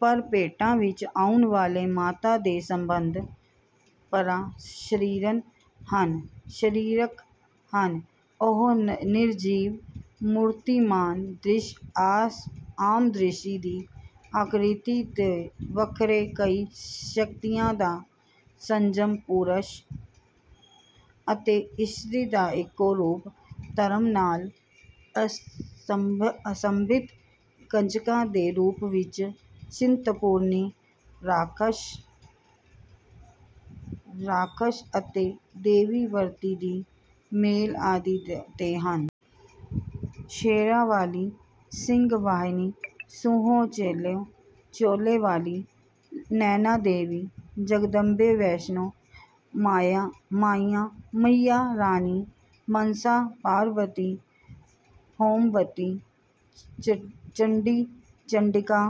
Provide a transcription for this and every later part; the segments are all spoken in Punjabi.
ਪਰ ਭੇਟਾਂ ਵਿੱਚ ਆਉਣ ਵਾਲੇ ਮਾਤਾ ਦੇ ਸੰਬੰਧ ਪਰਾ-ਸਰੀਰਕ ਹਨ। ਉਹ ਨਿਰਜੀਵ ਮੂਰਤੀਮਾਨ ਦ੍ਰਿਸ਼, ਆਮ ਦ੍ਰਿਸ਼ਟੀ ਦੀ ਆਕ੍ਰਿਤੀ ਤੋਂ ਵੱਖਰੇ, ਕਈ ਸ਼ਕਤੀਆਂ ਦਾ ਸੰਜਮ, ਪੁਰਸ਼ ਅਤੇ ਇਸਤਰੀ ਦਾ ਇੱਕੋ ਰੂਪ, ਧਰਮ ਨਾਲ ਅਸਬੰਧਿਤ, ਕੰਜਕਾਂ ਦੇ ਰੂਪ ਵਿੱਚ ਚਿੰਤਪੁਰਨੀ, ਰਾਖਸ਼ ਅਤੇ ਦੇਵੀ ਵਰਿਤੀ ਦੀ ਮੇਲ ਆਦਿ ਤੋਂ ਹਨ। ਸ਼ੇਰਾਂ ਵਾਲ਼ੀ, ਸਿੰਘ ਵਾਹਨੀ, ਸੂਹੇ ਚੋਲੇ ਵਾਲ਼ੀ, ਨੈਣਾ ਦੇਵੀ, ਜਗਦੰਬੇ, ਵੈਸ਼ਨੋ, ਮਈਆ ਰਾਣੀ, ਮਨਸਾ, ਪਾਰਬਤੀ, ਹੋਮਵਤੀ, ਚੰਡੀ, ਚੰਡਿਕਾ,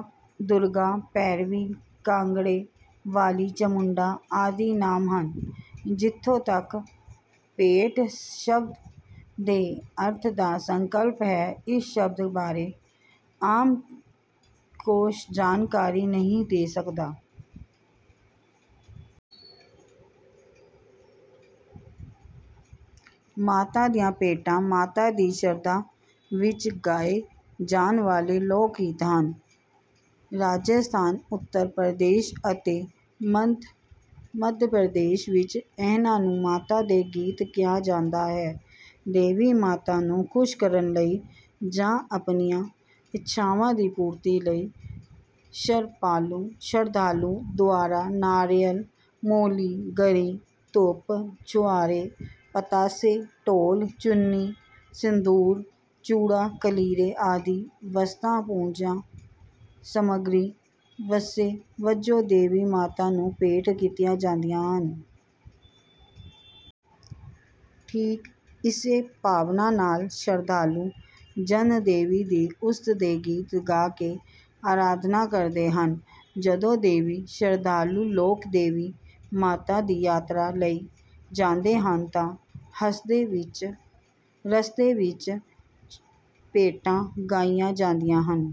ਦੁਰਗਾ, ਭੈਰਵੀ, ਕਾਂਗੜੇ ਵਾਲ਼ੀ, ਚਾਮੁੰਡਾ ਆਦਿ ਨਾਮ ਹਨ। ਜਿੱਥੋਂ ਤੱਕ 'ਭੇਟ' ਸ਼ਬਦ ਦੇ ਅਰਥ ਦਾ ਸੰਕਲਪ ਹੈ, ਇਸ ਸ਼ਬਦ ਬਾਰੇ ਆਮ ਕੋਸ਼ ਜਾਣਕਾਰੀ ਨਹੀਂ ਦੇ ਸਕਦਾ। ਮਾਤਾ ਦੀਆਂ ਭੇਟਾਂ ਮਾਤਾ ਦੀ ਸ਼ਰਧਾ ਵਿੱਚ ਗਾਏ ਜਾਣ ਵਾਲ਼ੇ ਲੋਕ ਗੀਤ ਹਨ। ਰਾਜਸਥਾਨ, ਉੱਤਰ ਪ੍ਰਦੇਸ਼ ਅਤੇ ਮੱਧ ਪ੍ਰਦੇਸ਼ ਵਿੱਚ ਇਹਨਾਂ ਨੂੰ ਮਾਤਾ ਦੇ ਗੀਤ ਕਿਹਾ ਜਾਂਦਾ ਹੈ। ਦੇਵੀ ਮਾਤਾ ਨੂੰ ਖੁਸ਼ ਕਰਨ ਲਈ ਜਾਂ ਆਪਣੀਆਂ ਇੱਛਾਵਾਂ ਦੀ ਪੂਰਤੀ ਲਈ ਸ਼ਰਧਾਲੂ ਦੁਆਰਾ ਨਾਰੀਅਲ, ਮੌਲੀ, ਗਰੀ, ਧੂਪ, ਛੁਆਰੇ, ਪਤਾਸੇ, ਢੋਲ, ਚੁੰਨੀ, ਸਿੰਧੂਰ, ਚੂੜਾ, ਕਲੀਰੇ ਆਦਿ ਵਸਤਾਂ ਪੂਜਾ ਸਮੱਗਰੀ ਵਜੋਂ ਦੇਵੀ ਮਾਤਾ ਨੂੰ ਭੇਟ ਕੀਤੀਆਂ ਜਾਂਦੀਆਂ ਹਨ। ਠੀਕ ਇਸੇ ਭਾਵਨਾ ਨਾਲ ਸ਼ਰਧਾਲੂ ਜਨ ਦੇਵੀ ਦੀ ਉਸਤ ਦੇ ਗੀਤ ਗਾ ਕੇ ਅਰਾਧਨਾ ਕਰਦੇ ਹਨ। ਜਦੋਂ ਦੇਵੀ ਸ਼ਰਧਾਲੂ ਲੋਕ ਦੇਵੀ ਮਾਤਾ ਦੀ ਯਾਤਰਾ ਲਈ ਜਾਂਦੇ ਹਨ ਤਾਂ ਰਸਤੇ ਵਿੱਚ ਭੇਟਾਂ ਗਾਈਆਂ ਜਾਂਦੀਆਂ ਹਨ।